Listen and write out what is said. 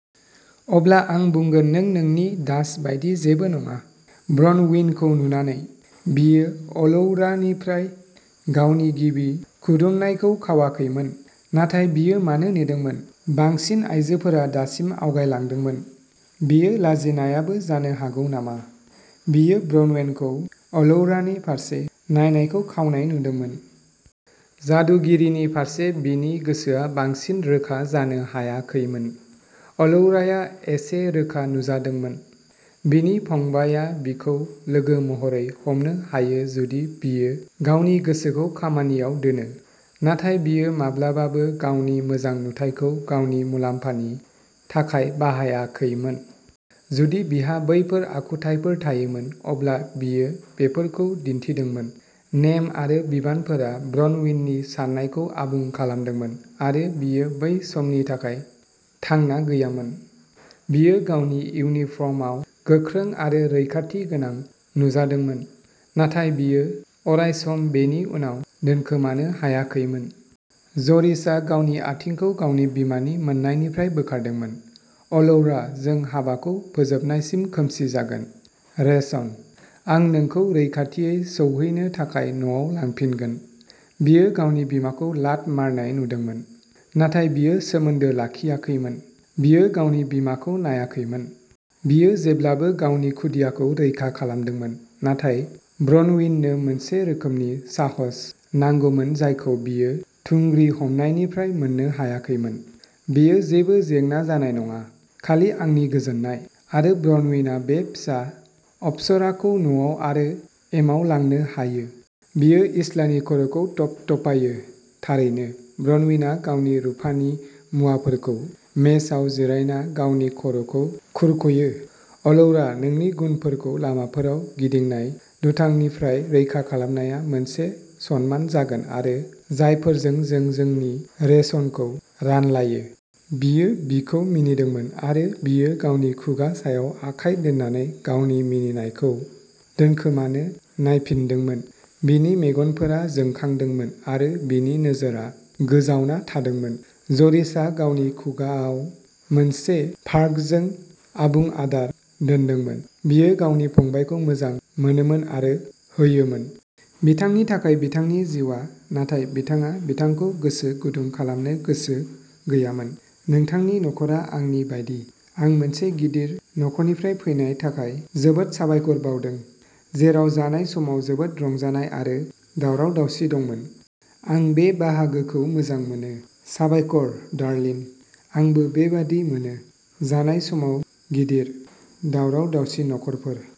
"अब्ला आं बुंगोन नों नोंनि दास बायदि जेबो नङा। " ब्रनविनखौ नुनानै, बियो अलौरानिफ्राय गावनि गिबि खुदुमनायखौ खावाखैमोन। नाथाय बियो मानो नेदोंमोन; बांसिन आइजोफोरा दासिम आवगायलांदोंमोन। बेयो लाजिनायाबो जानो हागौ नामा? बियो ब्रनविनखौ अलौरानि फारसे नायनायखौ खावनाय नुदोंमोन। जादुगिरिनि फारसे बिनि गोसोआ बांसिन रोखा जानो हायाखैमोन। अलौराया एसे रोखा नुजादोंमोन। बिनि फंबायआ बिखौ लोगो महरै हमनो हायो जुदि बियो गावनि गोसोखौ खामानियाव दोनो, नाथाय बियो माब्लाबाबो गावनि मोजां नुथायखौ गावनि मुलाम्फानि थाखाय बाहायाखैमोन। जुदि बिहा बैफोर आखुथायफोर थायोमोन, अब्ला बियो बेफोरखौ दिन्थिदोंमोन। नेम आरो बिबानफोरा ब्रनविननि साननायखौ आबुं खालामदोंमोन, आरो बियो बै समनि थाखाय थांना गैयामोन। बियो गावनि इउनिफर्मआव गोख्रों आरो रैखाथिगोनां नुजादोंमोन, नाथाय बियो अरायसम बेनि उनाव दोनखोमानो हायाखैमोन। ज'रिसआ गावनि आथिंखौ गावनि बिमानि मोननायनिफ्राय बोखारदोंमोन। "अलौरा, जों हाबाखौ फोजोबनायसिम खोमसि जागोन। रेशन। आं नोंखौ रैखाथियै सौहैनो थाखाय न'आव लांफिनगोन। "बियो गावनि बिमाखौ लात मारनाय नुदोंमोन, नाथाय बियो सोमोन्दो लाखियाखैमोन। बियो गावनि बिमाखौ नायाखैमोन। बियो जेब्लाबो गावनि खुदियाखौ रैखा खालामदोंमोन, नाथाय ब्रनविननो मोनसे रोखोमनि साहस नांगौमोन जायखौ बियो थुंग्रि हमनायनिफ्राय मोननो हायाखैमोन। " बेयो जेबो जेंना जानाय नङा, खालि आंनि गोजोननाय। आरो ब्रनविनआ बे फिसा अप्सराखौ न'आव आरो एमाव लांनो हायो। "बियो इस्लानि खर'खौ थपथपायो। " थारैनो। "ब्रनविनआ गावनि रुफानि मुवाफोरखौ मेजआव जिरायना गावनि खर'खौ खुरख'यो। " अलौरा, नोंनि गुनफोरखौ लामाफोराव गिदिंनाय दुथांफोरनिफ्राय रैखा खालामनाया मोनसे सनमान जागोन आरो जायफोरजों जों जोंनि रेशनखौ रानलायो। "बियो बिखौ मिनिदोंमोन, आरो बियो गावनि खुगा सायाव आखाय दोननानै गावनि मिनिनायखौ दोनखोमानो नायफिनदोंमोन। बिनि मेगनफोरा जोंखांदोंमोन, आरो बिनि नोजोरआ गोजावना थादोंमोन। ज'रिसआ गावनि खुगाआव मोनसे फार्कजों आबुं आदार दोनदोंमोन। बियो गावनि फंबायखौ मोजां मोनोमोन आरो होयोमोन। बिथांनि थाखाय बिथांनि जिउआ, नाथाय बिथाङा बिथांखौ गोसो गुदुं खालामनो गोसो गैयामोन। नोंथांनि नख'रा आंनि बायदि। आं मोनसे गिदिर नख'रनिफ्राय फैनाय थाखाय जोबोद साबायखर बावदों, जेराव जानाय समाव जोबोद रंजानाय आरो दावराव-दावसि दंमोन। आं बे बाहागोखौ मोजां मोनो! साबायखर, डार्लिन। आंबो बेबादि मोनोः जानाय समाव गिदिर, दावराव-दावसि नखरफोर।